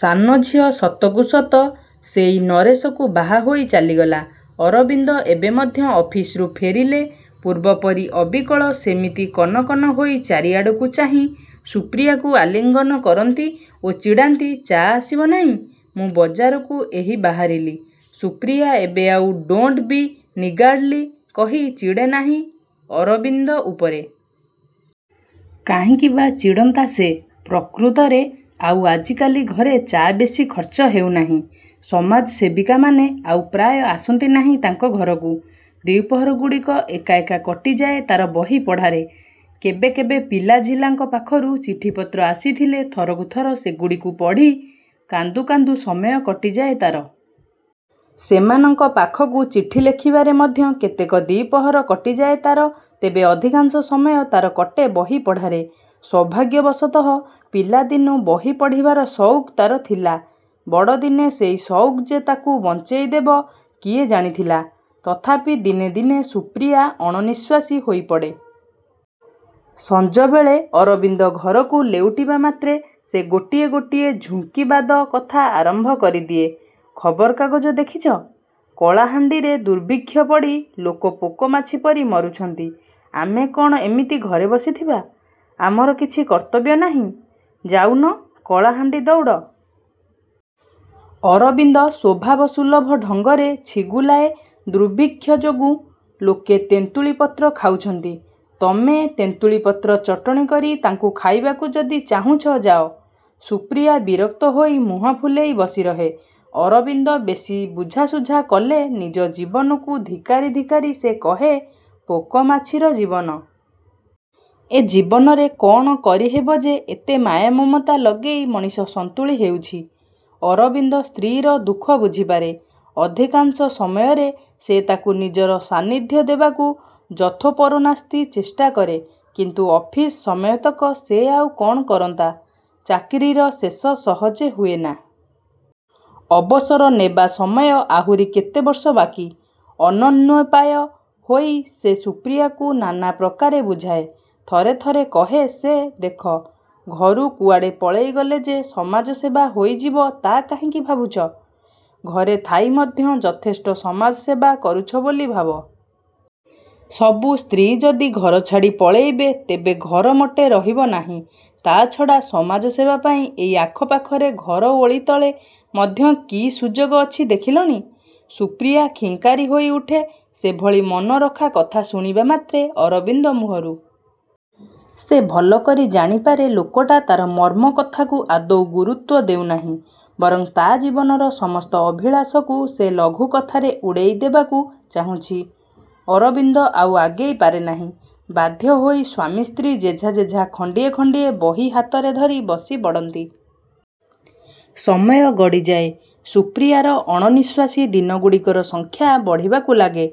ସାନଝିଅ ସତକୁ ସତ ସେଇ ନରେଶକୁ ବାହା ହୋଇ ଚାଲିଗଲା। ଅରବିନ୍ଦ ଏବେ ମଧ୍ୟ ଅଫିସରୁ ଫେରିଲେ ପୂର୍ବପରି ଅବିକଳ ସେମିତି କନକନ ହୋଇ ଚାରିଆଡ଼କୁ ଚାହିଁ ସୁପ୍ରିୟାକୁ ଆଲିଙ୍ଗନ କରନ୍ତି ଓ ଚିଡ଼ାନ୍ତି, ଚା' ଆସିବ ନାହିଁ? ମୁଁ ବଜାରକୁ ଏହି ବାହାରିଲି। ସୁପ୍ରିୟା ଏବେ ଆଉ "ଡୋଣ୍ଟ ବି ନିଗାର୍ଡଲି" କହି ଚିଡ଼େନାହିଁ ଅରବିନ୍ଦ ଉପରେ। କାହିଁକି ବା ଚିଡ଼ନ୍ତା ସେ। ପ୍ରକୃତରେ ଆଉ ଆଜିକାଲି ଘରେ ଚା' ବେଶୀ ଖର୍ଚ୍ଚ ହେଉନାହିଁ। ସମାଜସେବିକାମାନେ ଆଉ ପ୍ରାୟ ଆସନ୍ତି ନାହିଁ ତାଙ୍କ ଘରକୁ। ଦ୍ୱିପ୍ରହରଗୁଡ଼ିକ ଏକା ଏକା କଟିଯାଏ ତାର ବହି ପଢ଼ାରେ। କେବେ କେବେ ପିଲାଝିଲାଙ୍କ ପାଖରୁ ଚିଠିପତ୍ର ଆସିଥିଲେ ଥରକୁ ଥର ସେଗୁଡ଼ିକୁ ପଢ଼ି, କାନ୍ଦୁ କାନ୍ଦୁ ସମୟ କଟିଯାଏ ତାର। ସେମାନଙ୍କ ପାଖକୁ ଚିଠି ଲେଖିବାରେ ମଧ୍ୟ କେତେକ ଦ୍ୱିପ୍ରହର କଟିଯାଏ ତାର, ତେବେ ଅଧିକାଂଶ ସମୟ ତାର କଟେ ବହି ପଢ଼ାରେ। ସୌଭାଗ୍ୟବଶତଃ ପିଲାଦିନୁ ବହି ପଢ଼ିବାର ସଉକ ତାର ଥିଲା। ବଡ଼ଦିନେ ସେଇ ସଉକ ଯେ ତାକୁ ବଞ୍ଚେଇଦେବ କିଏ ଜାଣିଥିଲା! ତଥାପି ଦିନେ ଦିନେ ସୁପ୍ରିୟା ଅଣନିଶ୍ୱାସୀ ହୋଇପଡ଼େ। ସଞ୍ଜବେଳେ ଅରବିନ୍ଦ ଘରକୁ ଲେଉଟିବା ମାତ୍ରେ ସେ ଗୋଟିଏ ଗୋଟିଏ ଝୁଙ୍କିବାଦ କଥା ଆରମ୍ଭ କରିଦିଏ। ଖବରକାଗଜ ଦେଖିଛ? କଳାହାଣ୍ଡିରେ ଦୁର୍ଭିକ୍ଷ ପଡ଼ି ଲୋକ ପୋକମାଛି ପରି ମରୁଛନ୍ତି। ଆମେ କ'ଣ ଏମିତି ଘରେ ବସିଥିବା? ଆମର କିଛି କର୍ତ୍ତବ୍ୟ ନାହିଁ? ଯାଉନ! କଳାହାଣ୍ଡି ଦୌଡ଼! ଅରବିନ୍ଦ ସ୍ୱଭାବସୁଲଭ ଢଙ୍ଗରେ ଛିଗୁଲାଏ, ଦୁର୍ଭିକ୍ଷ ଯୋଗୁଁ ଲୋକେ ତେନ୍ତୁଳି ପତ୍ର ଖାଉଛନ୍ତି। ତମେ ତେନ୍ତୁଳି ପତ୍ର ଚଟଣି କରି ତାଙ୍କୁ ଖାଇବାକୁ ଯଦି ଚାହୁଁଛ ଯାଅ। ସୁପ୍ରିୟା ବିରକ୍ତ ହୋଇ ମୁହଁ ଫୁଲେଇ ବସିରହେ। ଅରବିନ୍ଦ ବେଶୀ ବୁଝାସୁଝା କଲେ ନିଜ ଜୀବନକୁ ଧିକ୍କାରି ଧିକ୍କାରି ସେ କହେ, ପୋକମାଛିର ଜୀବନ। ଏ ଜୀବନରେ କଅଣ କରିହେବ ଯେ ଏତେ ମାୟାମମତା ଲଗେଇ ମଣିଷ ସନ୍ତୁଳି ହେଉଛି। ଅରବିନ୍ଦ ସ୍ତ୍ରୀର ଦୁଃଖ ବୁଝିପାରେ। ଅଧିକାଂଶ ସମୟରେ ସେ ତାକୁ ନିଜର ସାନ୍ନିଧ୍ୟ ଦେବାକୁ ଯଥୋପରୋନାସ୍ତି ଚେଷ୍ଟା କରେ। କିନ୍ତୁ ଅଫିସ ସମୟତକ ସେ ଆଉ କ'ଣ କରନ୍ତା! ଚାକିରିର ଶେଷ ସହଜେ ହୁଏନା। ଅବସର ନେବା ସମୟ ଆହୁରି କେତେ ବର୍ଷ ବାକି। ଅନନ୍ୟୋପାୟ ହୋଇ ସେ ସୁପ୍ରିୟାକୁ ନାନା ପ୍ରକାରେ ବୁଝାଏ। ଥରେ ଥରେ କହେ ସେ, ଦେଖ! ଘରୁ କୁଆଡ଼େ ପଳେଇଗଲେ ଯେ ସମାଜସେବା ହୋଇଯିବ ତା' କାହିଁକି ଭାବୁଛ? ଘରେ ଥାଇ ମଧ୍ୟ ଯଥେଷ୍ଟ ସମାଜସେବା କରୁଛ ବୋଲି ଭାବ। ସବୁ ସ୍ତ୍ରୀ ଯଦି ଘର ଛାଡ଼ି ପଳେଇବେ ତେବେ ଘର ମୋଟେ ରହିବ ନାହିଁ। ତା' ଛଡ଼ା ସମାଜସେବା ପାଇଁ ଏଇ ଆଖପାଖରେ ଘର ଓଳି ତଳେ ମଧ୍ୟ କି ସୁଯୋଗ ଅଛି ଦେଖିଲଣି? ସୁପ୍ରିୟା ଖିଙ୍କାରି ହୋଇଉଠେ ସେଭଳି ମନରଖା କଥା ଶୁଣିବା ମାତ୍ରେ ଅରବିନ୍ଦ ମୁହଁରୁ। ସେ ଭଲକରି ଜାଣିପାରେ ଲୋକଟା ତାର ମର୍ମ କଥାକୁ ଆଦୌ ଗୁରୁତ୍ୱ ଦେଉନାହିଁ। ବରଂ ତା' ଜୀବନର ସମସ୍ତ ଅଭିଳାଷକୁ ସେ ଲଘୁ କଥାରେ ଉଡ଼େଇଦେବାକୁ ଚାହୁଁଛି। ଅରବିନ୍ଦ ଆଉ ଆଗେଇ ପାରେ ନାହିଁ। ବାଧ୍ୟ ହୋଇ ସ୍ୱାମୀ ସ୍ତ୍ରୀ ଯେଝା ଯେଝା ଖଣ୍ଡିଏ ଖଣ୍ଡିଏ ବହି ହାତରେ ଧରି ବସିପଡ଼ନ୍ତି। ସମୟ ଗଡ଼ିଯାଏ। ସୁପ୍ରିୟାର ଅଣନିଶ୍ୱାସୀ ଦିନଗୁଡ଼ିକର ସଂଖ୍ୟା ବଢ଼ିବାକୁ ଲାଗେ।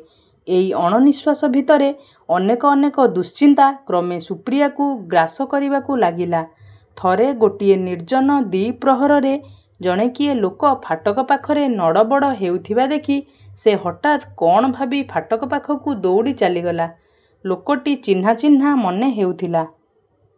ଏଇ ଅଣନିଶ୍ୱାସ ଭିତରେ ଅନେକ ଅନେକ ଦୁଶ୍ଚିନ୍ତା କ୍ରମେ ସୁପ୍ରିୟାକୁ ଗ୍ରାସ କରିବାକୁ ଲାଗିଲା। ଥରେ ଗୋଟିଏ ନିର୍ଜନ ଦ୍ୱିପ୍ରହରରେ ଜଣେ କିଏ ଲୋକ ଫାଟକ ପାଖରେ ନଡ଼ବଡ଼ ହେଉଥିବା ଦେଖି ସେ ହଠାତ୍ କ'ଣ ଭାବି ଫାଟକ ପାଖକୁ ଦୌଡ଼ି ଚାଲିଗଲା। ଲୋକଟି ଚିହ୍ନା ଚିହ୍ନା ମନେହେଉଥିଲା।